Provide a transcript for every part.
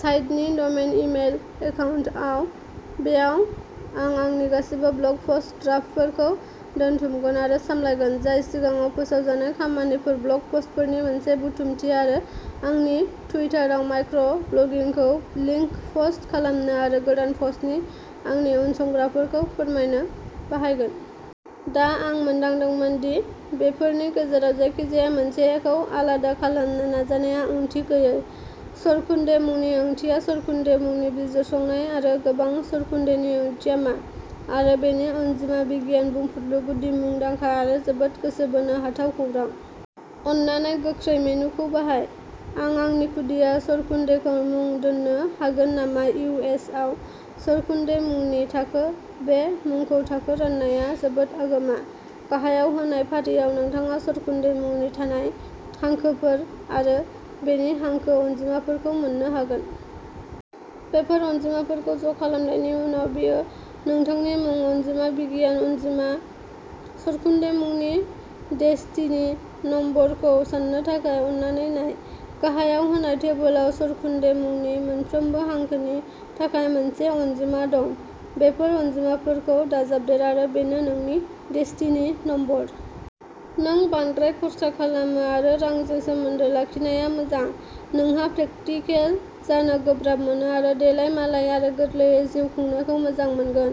साइटनि नमेन इमेल एकाउन्टाव बेयाव आं आंनि गासिबो ब्लग पस्ट ड्राफ्टफोरखौ दोनथुमगोन आरो सामलायगोन, जाय सिगाङाव फोसावजानाय खामानिफोर, ब्लग पस्टफोरनि मोनसे बुथुमथि आरो आंनि टुइटाराव माइक्र' ब्लगिंखौ लिंक पस्ट खालामनो आरो गोदान पस्टनि आंनि उनसंग्राफोरखौ फोरमायनो बाहायगोन। दा आं मोनदांदोंमोन दि बेफोरनि गेजेराव जायखिजाया मोनसेखौ आलादा खालामनो नाजानाया ओंथि गैयै सरकुन्डे मुंनि ओंथिया, सरकुन्डे मुंनि बिजिरसंनाय आरो गोबां सरकुन्डेनि ओंथिया मा आरो बेनि अनजिमा बिगियान, बुंफुरलु, गुदि, मुंदांखा आरो जोबोद गोसो बोनो हाथाव खौरां। अन्नानै गोख्रै मेनुखौ बाहाय। आं आंनि खुदिया सरकुन्डेखौ मुं दोन्नो हागोन नामा इउ एस आव सरकुन्डे मुंनि थाखो बे मुंखौ थाखो राननाया जोबोद आगोमा। गाहायाव होनाय फारियाव, नोंथाङा सरकुन्डे मुंआव थानाय हांखोफोर आरो बेनि हांखो अनजिमाफोरखौ मोन्नो हागोन। बेफोर अनजिमाफोरखौ ज'खालामनायनि उनाव, बेयो नोंथांनि मुं अनजिमा बिगियान अनजिमा। सरकुन्डे मुंनि डेस्टिनि नम्बरखौ साननो थाखाय, अन्नानै नाय। गाहायाव होनाय टेबोलाव। सरकुन्डे मुंनि मोनफ्रोमबो हांखोनि थाखाय मोनसे अनजिमा दं। बेफोर अनजिमाफोरखौ दाजाबदेर आरो बेनो नोंनि डेस्टिनि नम्बर। नों बांद्राय खर्सा खालामो आरो रांजों सोमोन्दो लाखिनाया मोजां। नोंहा प्रेकटिकेल जानो गोब्राब मोनो आरो देलायमालाय आरो गोरलैयै जिउ खुंनायखौ मोजां मोनगोन।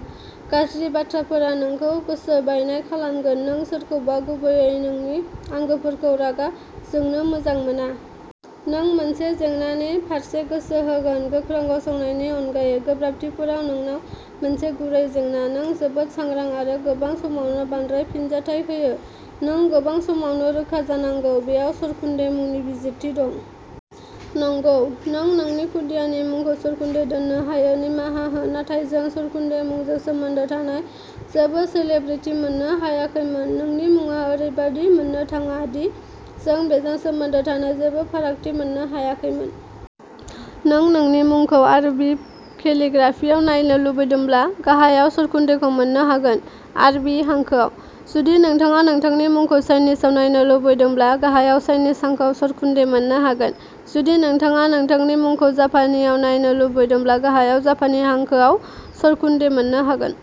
गाज्रि बाथ्राफोरा नोंखौ गोसो बायनाय खालामगोन। नों सोरखौबा गुबैयै नोंनि आंगोफोरखौ रागा जोंनो मोजां मोना। नों मोनसे जेंनानि फारसे गोसो होगोन, गोख्रों गसंनायनि अनगायै। गोब्राबथिफोरा नोंनाव मोनसे गुरै जेंना। नों जोबोद सांग्रां आरो गोबां समावनो बांद्राय फिनजाथाय होयो। नों गोबां समावनो रोखा जानांगौ। बेयाव सरकुन्डे मुंनि बिजिरथि दं। नंगौ नों नोंनि खुदियानि मुंखौ सरकुन्डे दोन्नो हायो निमाहा हो, नाथाय जों सरकुन्डे मुंजों सोमोन्दो थानाय जेबो सेलेब्रिटि मोननो हायाखैमोन। नोंनि मुङा ओरैबादि मोननो थाङा दि जों बेजों सोमोन्दो थानाय जेबो फारागथि मोननो हायाखैमोन। नों नोंनि मुंखौ आरबी केलिग्राफियाव नायनो लुबैदोंब्ला गाहायाव सरकुन्डेखौ मोन्नो हागोन। आरबि हांखोआव। जुदि नोंथाङा नोंथांनि मुंखौ चाइनिसआव नायनो लुबैदोंब्ला गाहायाव चाइनिस हांखोआव सरकुन्डे मोन्नो हागोन। जुदि नोंथाङा नोंथांनि मुंखौ जापानीआव नायनो लुबैदोंब्ला गाहायाव जापानी हांखोआव सरकुन्डे मोन्नो हागोन।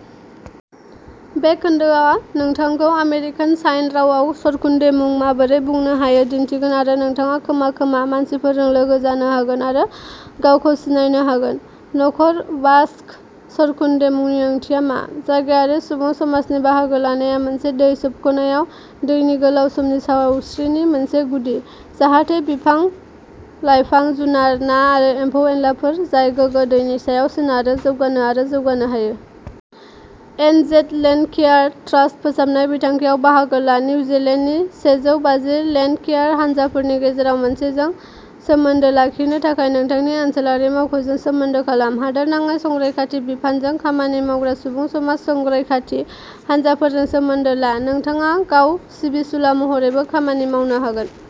बे खोन्दोआ नोंथांखौ आमेरिकान साइन रावआव सरकुन्डे मुं माबोरै बुंनो हायो दिन्थिगोन आरो नोंथाङा खोमा खोमा मानसिफोरजों लोगो जानो हागोन आरो गावखौ सिनायनो हागोन। न'खर बास्क सरकुन्डे मुंनि ओंथिया मा? जायगायारि सुबुं समाजनि बाहागो लानाया मोनसे दै सोबख' नायाव दैनि गोलाव समनि सावस्रिनि मोनसे गुदि, जाहाथे बिफां-लाइफां, जुनार, ना आरो एम्फौ-एनलाफोर जाय गोगो दैनि सायाव सोनारो, जौगानो आरो जौगानो हायो। एनजेड लेन्डकेयार ट्रास्ट फोसाबनाय बिथांखियाव बाहागो ला। निउजिलेन्डनि सेजौबाजि लेन्डकेयार हानजाफोरनि गेजेराव मोनसेजों सोमोन्दो लाखिनो थाखाय नोंथांनि ओनसोलारि मावख'जों सोमोन्दो खालाम। हादोरनाङै संरैखाथि बिफानजों खामानि मावग्रा सुबुं समाज संरैखाथि हानजाफोरजों सोमोन्दो ला। नोंथाङा गाव सिबिसुला महरैबो खामानि मावनो हागोन।